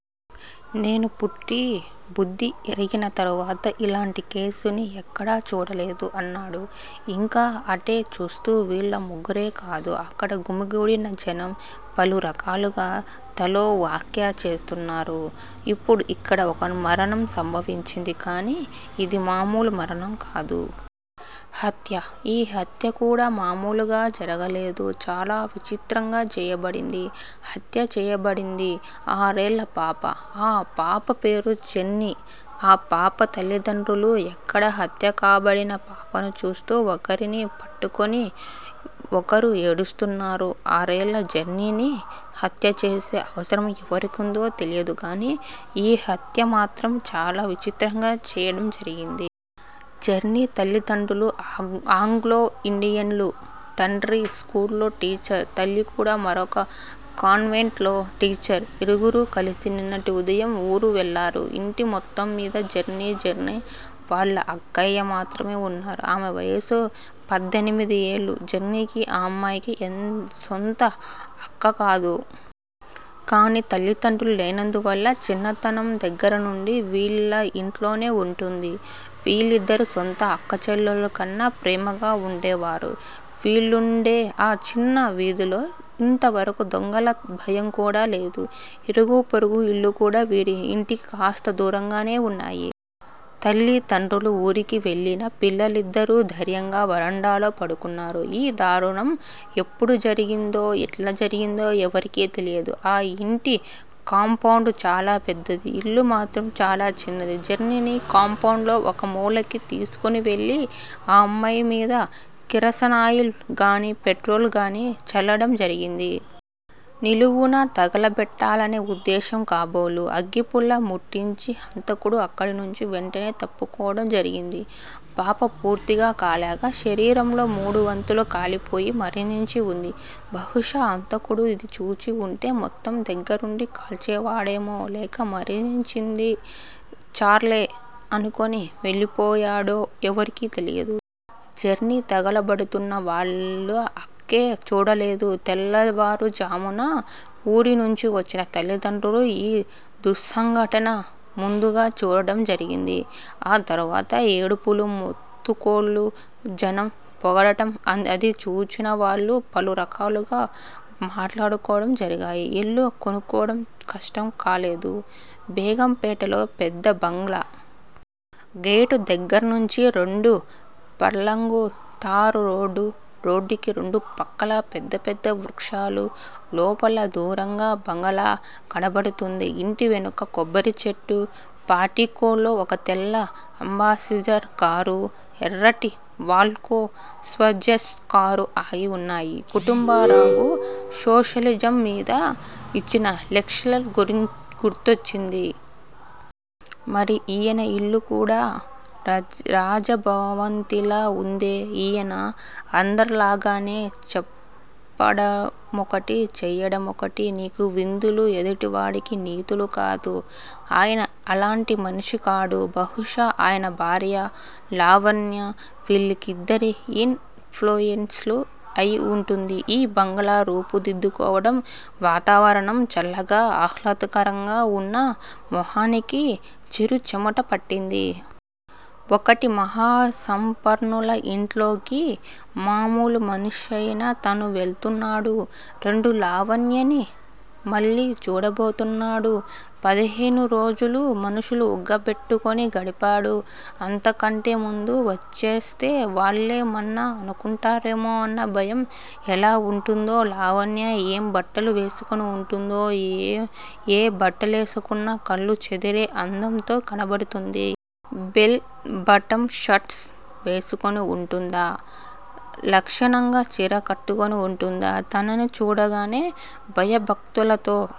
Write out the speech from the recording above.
నేను పుట్టి బుద్ధి ఎరిగిన తరువాత, ఇలాంటి కేసుని ఎక్కడా చూడలేదు అన్నాడు ఇంకా అటే చూస్తూ. వీళ్ళ ముగ్గురే కాదు. అక్కడ గుమికూడిన జనం, పలు రకాలుగా తలో వ్యాఖ్య చేస్తున్నారు. ఇప్పుడు ఇక్కడ, ఒక మరణం సంభవించింది. కానీ, ఇది మామూలు మరణం కాదు. హత్య. ఈ హత్య కూడా మామూలుగా జరగలేదు. చాలా విచిత్రంగా చేయబడింది. హత్య చేయబడింది ఆరేళ్ళ పాప. ఆ పాప పేరు జెన్నీ ఆ పాప తల్లితండ్రులు, అక్కడ హత్యకాబడిన పాపను చూస్తూ, ఒకరిని పట్టుకుని మరొకరు ఏడుస్తున్నారు. ఆరేళ్ళ జెన్నీని, హత్యచేసే అవసరం ఎవరికి వుందో తెలియదు గానీ, ఈ హత్యమాత్రం చాలా విచిత్రంగా చెయ్యడం జరిగింది. జెన్నీ తల్లితండ్రులు ఆంగ్లో యిండియన్లు. తండ్రి స్కూల్లో టీచరు. తల్లి కూడా మరొక కాన్వెంట్ లో టీచర్. ఇరువురూ కలిసి నిన్నటి ఉదయం వూరు వెళ్ళారు. ఇంటి మొత్తంమీద జెన్నీ, జెన్నీ వాళ్ళ అక్కయ్య మాత్రమే ఉన్నారు. ఆమె వయస్సు పద్దెనిమిది ఏళ్లు. జెన్నీకి ఆ అమ్మాయి సొంత అక్క కాదు. కానీ తల్లిదండ్రులు లేనందువల్ల చిన్నతనం దగ్గర నుండీ వీళ్ళ ఇంటిలోనే వుంటోంది. విళ్లిద్దరూ సొంత అక్కాచెల్లెళ్ళ కన్నా ప్రేమగా వుండేవారు. వీళ్ళుండే ఆ చిన్న వీధిలో ఇంతవరకూ దొంగల భయం కూడా లేదు. ఇరుగూ పొరుగూ ఇళ్లు కూడా వీరి ఇంటికి కాస్త దూరంగానే వున్నాయి. తల్లీ తండ్రులు వూరికి వెళ్లినా పిల్లలిద్దరూ ధైర్యంగా వరండాలో పడుకున్నారు. ఈ దారుణం ఎప్పుడు జరిగిందో, ఎట్లా జరిగిందో ఎవరికీ తెలియదు. ఆ యింటి కాంపౌండ్ చాలా పెద్దది. ఇల్లు మాత్రం చాలా చిన్నది. జెన్నీని కాంపౌండ్ లో ఒక మూలకి తీసుకువెళ్ళి ఆ అమ్మాయి మీద కిరసనాయిల్ గానీ, పెట్రోలుగానీ, జల్లడం జరిగింది. నిలువునా తగలబెట్టాలనే ఉద్దేశం కాబోలు అగ్గిపుల్ల ముట్టించి హంతకుడు అక్కడి నుంచీ వెంటనే తప్పుకోవటం జరిగింది. పాప పూర్తిగా కాలక, శరీరంలో మూడువంతులు కాలిపోయి మరణించి వుంది. బహుశా హంతకుడు ఇదిచూసి వుంటే మొత్తం దగ్గర వుండి కాల్చేవాడెమో, లేక మరణించింది చాల్లే అనుకుని వెళ్ళిపోయేవాడో ఎవరికీ తెలియదు. జెన్నీ తగలబడుతున్నపుడు వాళ్ల అక్కే చూడలేదు. తెల్లవారు ఝామున వూరినుంచీ వచ్చిన తల్లిదండ్రులు ఈ దుస్సంఘటన ముందుగా చూడటం జరిగింది. ఆ తరువాత ఏడుపులూ మొత్తుకోళ్లూ, జనం పోగవడం అది చూసినవాళ్ళు పలురకాలుగా మాట్లాడుకోవడం జరిగాయి. ఇల్లు కనుక్కోవడం కష్టం కాలేదు. బేగంపేటలో పెద్ద బంగాళా. గేటు దగ్గర్నుంచి రెండు ఫర్లాంగులు తారు రోడ్డు. రోడ్డుకి రెండు పక్కలా పెద్ద పెద్ద వృక్షాలు. లోపల దూరంగా బంగాళా కనబడుతోంది. ఇంటి వెనక కొబ్బరి చెట్లు. పోర్టికోలో ఒక తెల్ల అంబాసిడర్ కారూ, ఎర్రటి వోల్క్ స్వాజేస్ కారూ ఆగి వున్నాయి. కుటుంబరావుగారు సోషలిజం మీద ఇచ్చిన లెక్చర్ గుర్తొచ్చింది. మరి ఈయన ఇల్లు కూడా రాజభవంతిలా ఉందే! ఈయనా అందర్లాగానేగా? చెప్పడమొకటి, చెయ్యడమొకటి, నీకు విందులు, ఎదుటి వాడికి నీతులు. కాదు! అయన అలాంటి మనిషి కాడు, బహుశా ఆయన భార్యా, లావణ్యా వీళ్ళిద్దరి ఇన్ ఫ్లూయేన్సు అయి వుంటుంది ఈ బంగాళా రూపుదిద్దుకోవడం. వాతావరణం చల్లగా, ఆహ్లాదకరంగా ఉన్నా మొహానికి చిరుచెమట పట్టింది. ఒకటి మహా సంపన్నుల ఇంట్లోకి మాములు మనిషైన తను వెళ్తున్నాడు. రెండు లావణ్యని మళ్ళీ చూడబోతున్నాడు. పదిహేను రోజులు మనసు ఉగ్గబెట్టుకొని గడిపాడు, అంతకంటే ముందు వచ్చేస్తే వాళ్ళేమన్నా అనుకుంటారేమో నన్న భయం. ఎలా వుంటుందో లావణ్య ఏం బట్టలు వేసుకుని ఉంటుందో! ఏ బట్టలేసుకున్నా కళ్ళు చెదిరే అందంతో కనబడుతుంది. బెల్ బాటమ్ షర్టు వేసుకుని ఉంటుందా? లక్షణంగా చీరే కట్టుకుని వుంటుందా? తనని చూడగానే భయభక్తులతో